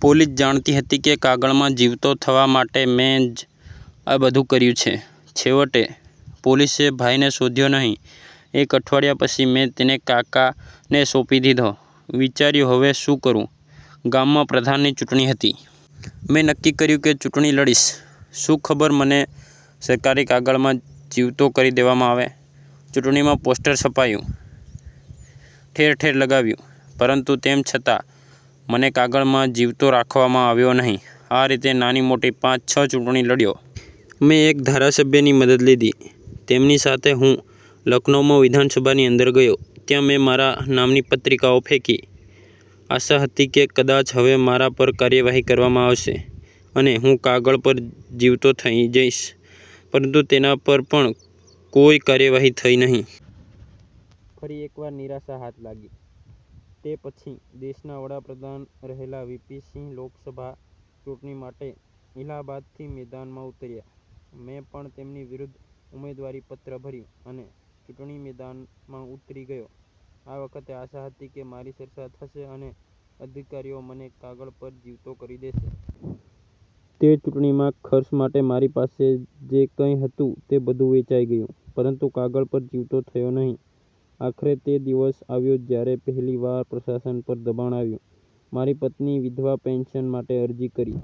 "Police જાણતી હતી કે કાગળમાં જીવતો થવા માટે મેં જ આ બધું કર્યું છે. છેવટે, પોલીસે ભાઈને શોધ્યો નહીં. એક અઠવાડિયા પછી મેં તેને કાકાને સોંપી દીધો. વિચાર્યું હવે શું કરું? ગામમાં પ્રધાનની ચૂંટણી હતી. મેં નક્કી કર્યું કે ચૂંટણી લડીશ, શું ખબર મને સરકારી કાગળમાં જીવતો કરી દેવામાં આવે. ચૂંટણીમાં પોસ્ટર છપાવ્યા. ઠેર-ઠેર લગાવ્યા, પરંતુ તેમ છતાં મને કાગળમાં જીવતો કરવામાં આવ્યો નહીં. આ રીતે નાની-મોટી પાંચ-છ ચૂંટણી લડ્યો. મેં એક ધારાસભ્યની મદદ લીધી. તેમની સાથે હું લખનઉમાં વિધાનસભાની અંદર ગયો. ત્યાં મેં મારા નામની પત્રિકાઓ ફેંકી. આશા હતી કે કદાચ હવે મારા પર કાર્યવાહી કરવામાં આવશે, અને હું કાગળ પર જીવતો થઈ જઈશ, પરંતુ તેના પર પણ કોઈ કાર્યવાહી થઈ નહીં. ફરી એકવાર નિરાશા હાથ લાગી. તે પછી દેશના વડાપ્રધાન રહેલા વીપી સિંહ લોકસભા ચૂંટણી માટે ઇલાહાબાદથી મેદાનમાં ઉતર્યા. મેં પણ તેમની વિરુદ્ધ ઉમેદવારી પત્ર ભર્યું, અને ચૂંટણી મેદાનમાં ઉતરી ગયો. આ વખતે આશા હતી કે મારી ચર્ચા થશે અને અધિકારીઓ મને કાગળ પર જીવતો કરી દેશે. તે ચૂંટણીમાં ખર્ચ માટે મારી પાસે જે કંઈ હતું તે બધું વેચાઈ ગયું, પરંતુ કાગળ પર જીવતો થયો નહીં. આખરે, તે દિવસ આવ્યો જ્યારે પહેલીવાર પ્રશાસન પર દબાણ આવ્યું. મારી પત્નીએ વિધવા પેન્શન માટે અરજી કરી.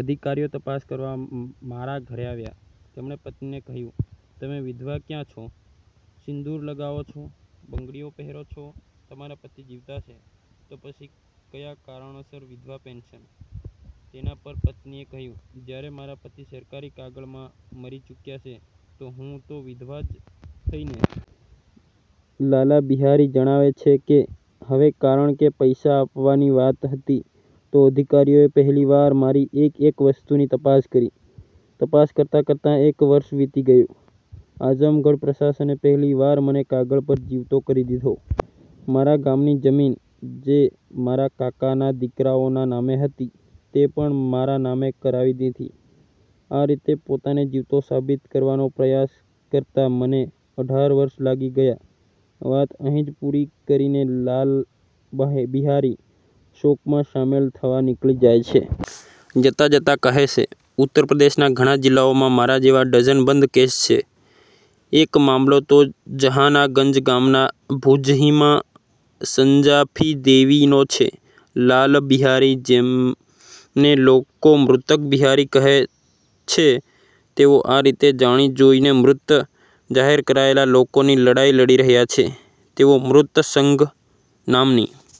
અધિકારીઓ તપાસ કરવા મારા ઘરે આવ્યા. તેમણે પત્નીને કહ્યું, "તમે વિધવા ક્યાં છો? સિંદૂર લગાવો છો, બંગડીઓ પહેરો છો, તમારા પતિ જીવતા છે, તો પછી કયા કારણસર વિધવા પેન્શન?" તેના પર પત્નીએ કહ્યું, "જ્યારે મારા પતિ સરકારી કાગળમાં મરી ચૂક્યા છે, તો હું તો વિધવા જ થઈ ને?" લાલા બિહારી જણાવે છે કે, "હવે કારણ કે પૈસા આપવાની વાત હતી, તો અધિકારીઓએ પહેલીવાર મારી એક-એક વસ્તુની તપાસ કરી. તપાસ કરતા-કરતા એક વર્ષ વીતી ગયું. આઝમગઢ પ્રશાસને પહેલીવાર મને કાગળ પર જીવતો કરી દીધો. મારા ગામની જમીન, જે મારા કાકાના દીકરાઓના નામે હતી, તે પણ મારા નામે કરાવી દીધી. આ રીતે પોતાને જીવતો સાબિત કરવાનો પ્રયાસ કરતા મને અઢાર વર્ષ લાગી ગયા." વાત અહીં જ પૂરી કરીને લાલ બિહારી શોકમાં સામેલ થવા નીકળી જાય છે. જતા-જતા કહે છે, "ઉત્તર પ્રદેશના ઘણા જિલ્લાઓમાં મારા જેવા ડઝનબંધ કેસ છે. એક મામલો તો જહાનાગંજ ગામના ભુજહીંમાં સંજાફી દેવીનો છે." લાલ બિહારી, જેમને લોકો 'મૃતક બિહારી' કહે છે, તેઓ આ રીતે જાણી જોઈને મૃત જાહેર કરાયેલા લોકોની લડાઈ લડી રહ્યા છે. તેઓ 'મૃતક સંઘ' નામની